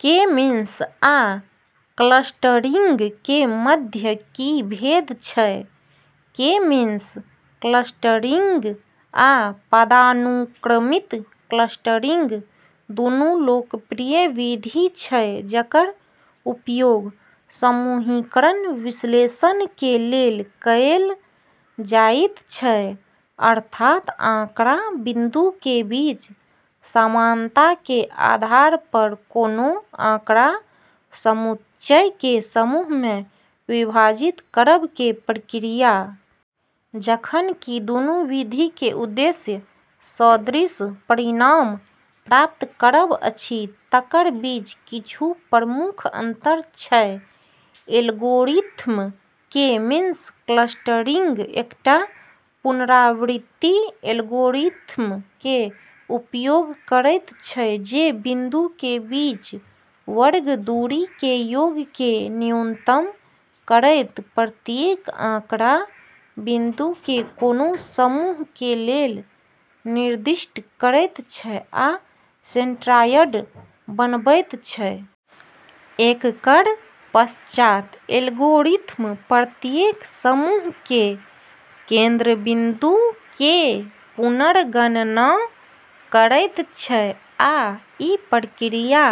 K-means आ clustering के मध्य की भेद छै? के-मीन्स क्लस्टरिंग आ पदानुक्रमित क्लस्टरिंग दुनू लोकप्रिय विधि छै जकर उपयोग समूहीकरण विश्लेषण के लेल कएल जाइत छै, अर्थात आँकड़ा बिंदु के बीच समानता के आधार पर कोनो आँकड़ा-समुच्चय के समूह में विभाजित करब के प्रक्रिया। जखन कि दुनु विधि के उद्देश्य सदृश परिणाम प्राप्त करब अछि, तकर बीच किछु प्रमुख अंतर छै: एल्गोरिथ्म: के-मीन्स क्लस्टरिंग एकटा पुनरावृत्ति एल्गोरिथ्म के उपयोग करैत छै जे बिंदु के बीच वर्ग दूरी के योग के न्यूनतम करैत प्रत्येक आँकड़ा बिंदु के कोनो समूह के लेल निर्दिष्ट करैत छै आ सेंट्रायड बनबैत छै। एककर पश्चात एल्गोरिथ्म प्रत्येक समूह के केंद्रबिंदु के पुनर्गणना करैत छै आ ई प्रक्रिया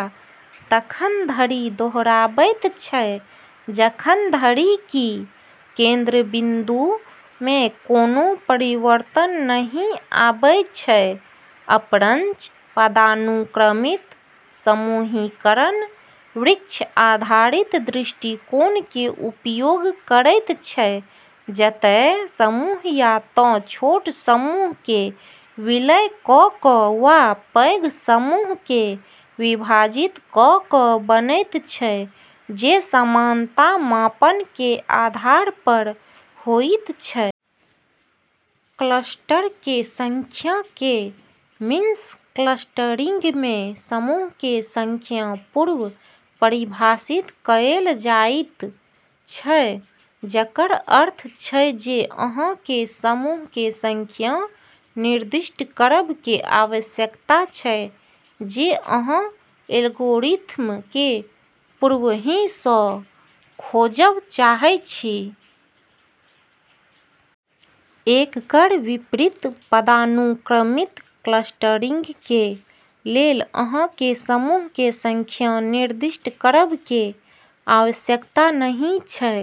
तखन धरि दोहराबैत छै जखन धरि कि केंद्रबिंदु में कोनो परिवर्तन नहि आबै छै। अपरंच, पदानुक्रमित समूहीकरण वृक्ष आधारित दृष्टिकोण के उपयोग करैत छै, जतय समूह या तँ छोट समूह के विलय क' क' वा पैघ समूहकेँ विभाजित क' क' बनैत छै, जे समानता मापन के आधार पर होइत छै। क्लस्टर के संख्या: के-मीन्स क्लस्टरिंग में, समूह के संख्या पूर्व-परिभाषित कएल जाइत छै, जकर अर्थ छै जे अहाँ के समूह के संख्या निर्दिष्ट करब के आवश्यकता छै जे अहाँ एल्गोरिथ्म के पूर्वहि सँ खोजब चाहै छी। एककर विपरीत, पदानुक्रमित क्लस्टरिंग के लेल अहाँ के समूह के संख्या निर्दिष्ट करब के आवश्यकता नहि छै।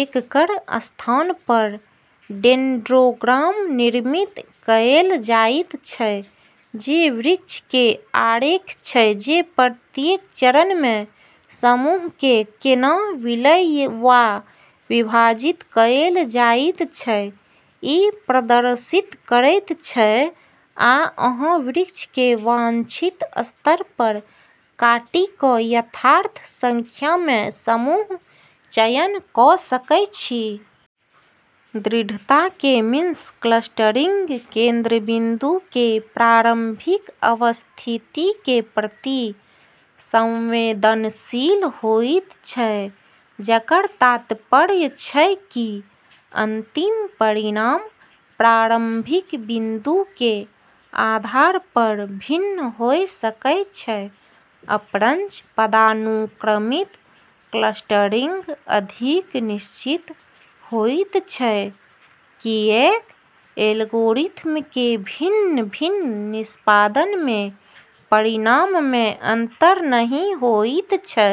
एककर स्थान पर डेंड्रोग्राम निर्मित कएल जाइत छै, जे वृक्ष के आरेख छै जे प्रत्येक चरण में समूह के केना विलय वा विभाजित कएल जाइत छै, ई प्रदर्शित करैत छै, आ अहाँ वृक्ष के वांछित स्तर पर काटि कऽ यथार्थ संख्या मे समूह चयन कऽ सकै छी। दृढ़ता: के-मीन्स क्लस्टरिंग केंद्रबिंदु के प्रारंभिक अवस्थिति के प्रति संवेदनशील होइत छै, जकर तात्पर्य छै कि अंतिम परिणाम प्रारंभिक बिंदु के आधार पर भिन्न होय सकै छै। अपरंच, पदानुक्रमित क्लस्टरिंग अधिक निश्चित होइत छै, किएक एल्गोरिथ्म के भिन्न-भिन्न निष्पादन में परिणाम मे अंतर नहि होइत छै।